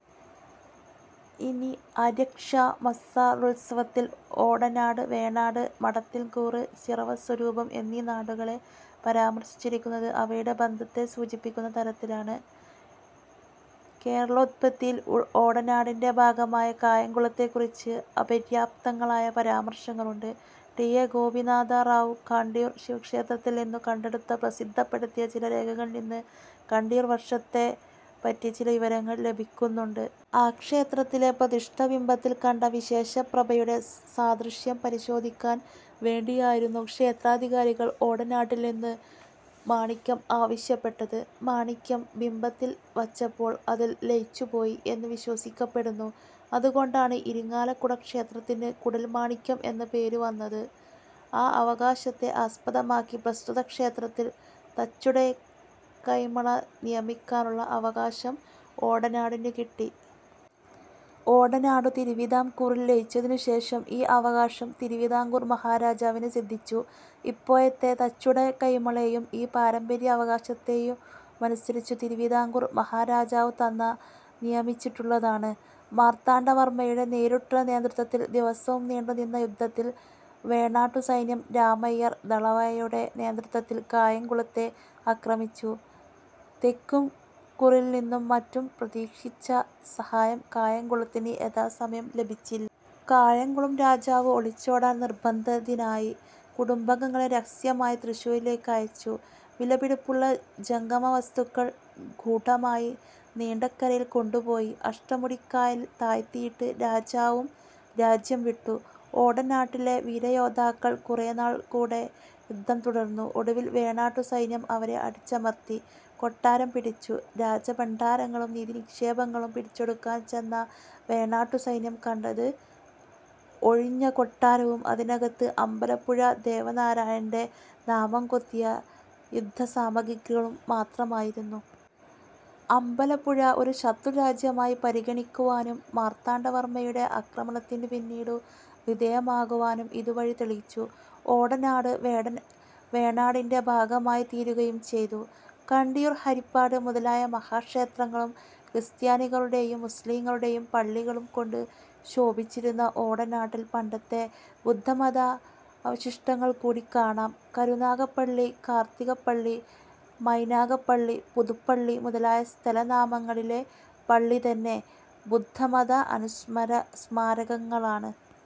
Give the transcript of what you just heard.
ഇനി ഹര്യക്ഷമാസ്സമരോത്സവത്തിൽ ഓടനാട്, വേണാട്, മാടത്തിൻകൂറ്, ചിറവാസ്വരൂപം എന്നീ നാടുകളെ പരാമർശിച്ചിരിക്കുന്നത് അവയുടെ ബന്ധത്തെ സൂചിപ്പിക്കുന്ന തരത്തിലാണ്. കേരളോത്പത്തിയിൽ ഓടനാടിന്റെ ഭാഗമായ കായംകുളത്തെകുറിച്ച് അപര്യാപ്തങ്ങളായ പരാമർശങ്ങളുണ്ട്. ടി. എ. ഗോപിനാഥറാവു കണ്ടിയൂർ ശിവക്ഷേത്രത്തിൽ നിന്നു കണ്ടെടുത്തു പ്രസിദ്ധപ്പെടുത്തിയ ചില രേഖകളിൽ നിന്ന് കണ്ടിയൂർ വർഷത്തെപ്പറ്റി ചില വിവരങ്ങൾ ലഭിക്കുന്നുണ്ട്. ആ ക്ഷേത്രത്തിലെ പ്രതിഷ്ഠാബിംബത്തിൽ കണ്ട വിശേഷ പ്രഭയുടെ സാദൃശ്യം പരിശോധിക്കാൻ വേണ്ടിയായിരുന്നു ക്ഷേത്രാധികാരികൾ ഓടനാട്ടിൽ നിന്ന് മാണിക്യം ആവശ്യപ്പെട്ടത്. മാണിക്യം ബിംബത്തിൽ വച്ചപ്പോൾ അതിൽ ലയിച്ചുപോയി എന്നു വിശ്വസിക്കപ്പെടുന്നു. അതുകൊണ്ടാണ് ഇരിങ്ങാലക്കുട ക്ഷേത്രത്തിന് കൂടൽമാണിക്യം എന്ന പേരു വന്നത്. ആ അവകാശത്തെ ആസ്പദമാക്കി പ്രസ്തുത ക്ഷേത്രത്തിൽ തച്ചുടയകൈമളെ നിയമിക്കാനുള്ള അവകാശം ഓടനാടിനു കിട്ടി. ഓടനാടു തിരുവിതാംകൂറിൽ ലയിച്ചതിനുശേഷം ഈ അവകാശം തിരുവിതാംകൂർ മഹാരാജാവിന് സിദ്ധിച്ചു. ഇപ്പോഴത്തെ തച്ചുടയകൈമളെയും ഈ പാരമ്പര്യാവകാശമനുസരിച്ച് തിരുവിതാംകൂർ മഹാരാജാവുതന്നെ നിയമിച്ചിട്ടുള്ളതാണ്. മാർത്താണ്ഡവർമയുടെ നേരിട്ടുള്ള നേതൃത്വത്തിൽ ദിവസം നീണ്ടുനിന്ന യുദ്ധത്തിൽ വേണാട്ടുസൈന്യം രാമയ്യൻ ദളവായുടെ നേതൃത്വവത്തിൽ കായംകുളത്തെ ആക്രമിച്ചു. തെക്കുംകൂറിൽനിന്നും മറ്റും പ്രതീക്ഷിച്ച സഹായം കായംകുളത്തിനു യഥാസമയം ലഭിച്ചില്ല. കായംകുളം രാജാവ് ഒളിച്ചോടാൻ നിർബ്ദന്ധിതനായി. കുടുബാംഗങ്ങളെ രഹസ്യമായി തൃശ്ശൂരിലേക്ക് അയച്ചു. വിലപിടിപ്പുള്ള ജംഗമ വസ്തുക്കൾ ഗൂഢമായി നീണ്ടകരയിൽ കൊണ്ടുപോയി അഷ്ടമുടിക്കായലിൽ താഴ്ത്തിയിട്ട് രജാവും രജ്യം വിട്ടു. ഓടനാട്ടിലെ വീരയോദ്ധാക്കൾ കുറേനാൾ കൂടെ യുദ്ധം തുടർന്നു. ഒടുവിൽ വേണാട്ടുസൈന്യം അവരെ അടിച്ചമർത്തി. കൊട്ടാരം പിടിച്ചു. രാജഭണ്ഡാരങ്ങളും നിധിനിക്ഷേപങ്ങളും പിടിച്ചെടുക്കാൻ ചെന്ന വേണാട്ടുസൈന്യം കണ്ടത് ഒഴിഞ്ഞകൊട്ടാരവും അതിനകത്ത് അമ്പലപ്പുഴ ദേവനാരായണന്റെ നാമം കൊത്തിയ യുദ്ധസാമഗ്രികളും മത്രമായിരുന്നു. അമ്പലപ്പുഴ ഒരു ശത്രുരാജ്യമായി പരിഗണിക്കുവാനും മാർത്താണ്ഡവർമയുടെ ആക്രമണത്തിനു പിന്നീടു വിധേയമാകുവാനും ഇതു വഴി തെളിച്ചു. ഓടനാട് വേണാടിന്റെ ഭാഗമായിത്തീരുകയും ചെയ്തു. കണ്ടിയൂർ, ഹരിപ്പാട് മുതലായ മഹാക്ഷേത്രങ്ങളും ക്രിസ്ത്യാനികളുടെയും, മുസ്ലീങ്ങളുടെയും പള്ളികളുംകൊണ്ട് ശോഭിച്ചിരുന്ന ഓടനാട്ടിൽ പണ്ടത്തെ ബുദ്ധമതാവശിഷ്ടങ്ങൾകൂടി കാണാം. കരുനാഗപ്പള്ളി, കാർതികപ്പള്ളി, മൈനാഗപ്പള്ളി, പുതുപ്പള്ളി മുതലായ സ്ഥലനാമങ്ങളിലെ പള്ളിതന്നെ ബുദ്ധമതാനുസ്മാരകങ്ങളാണ്.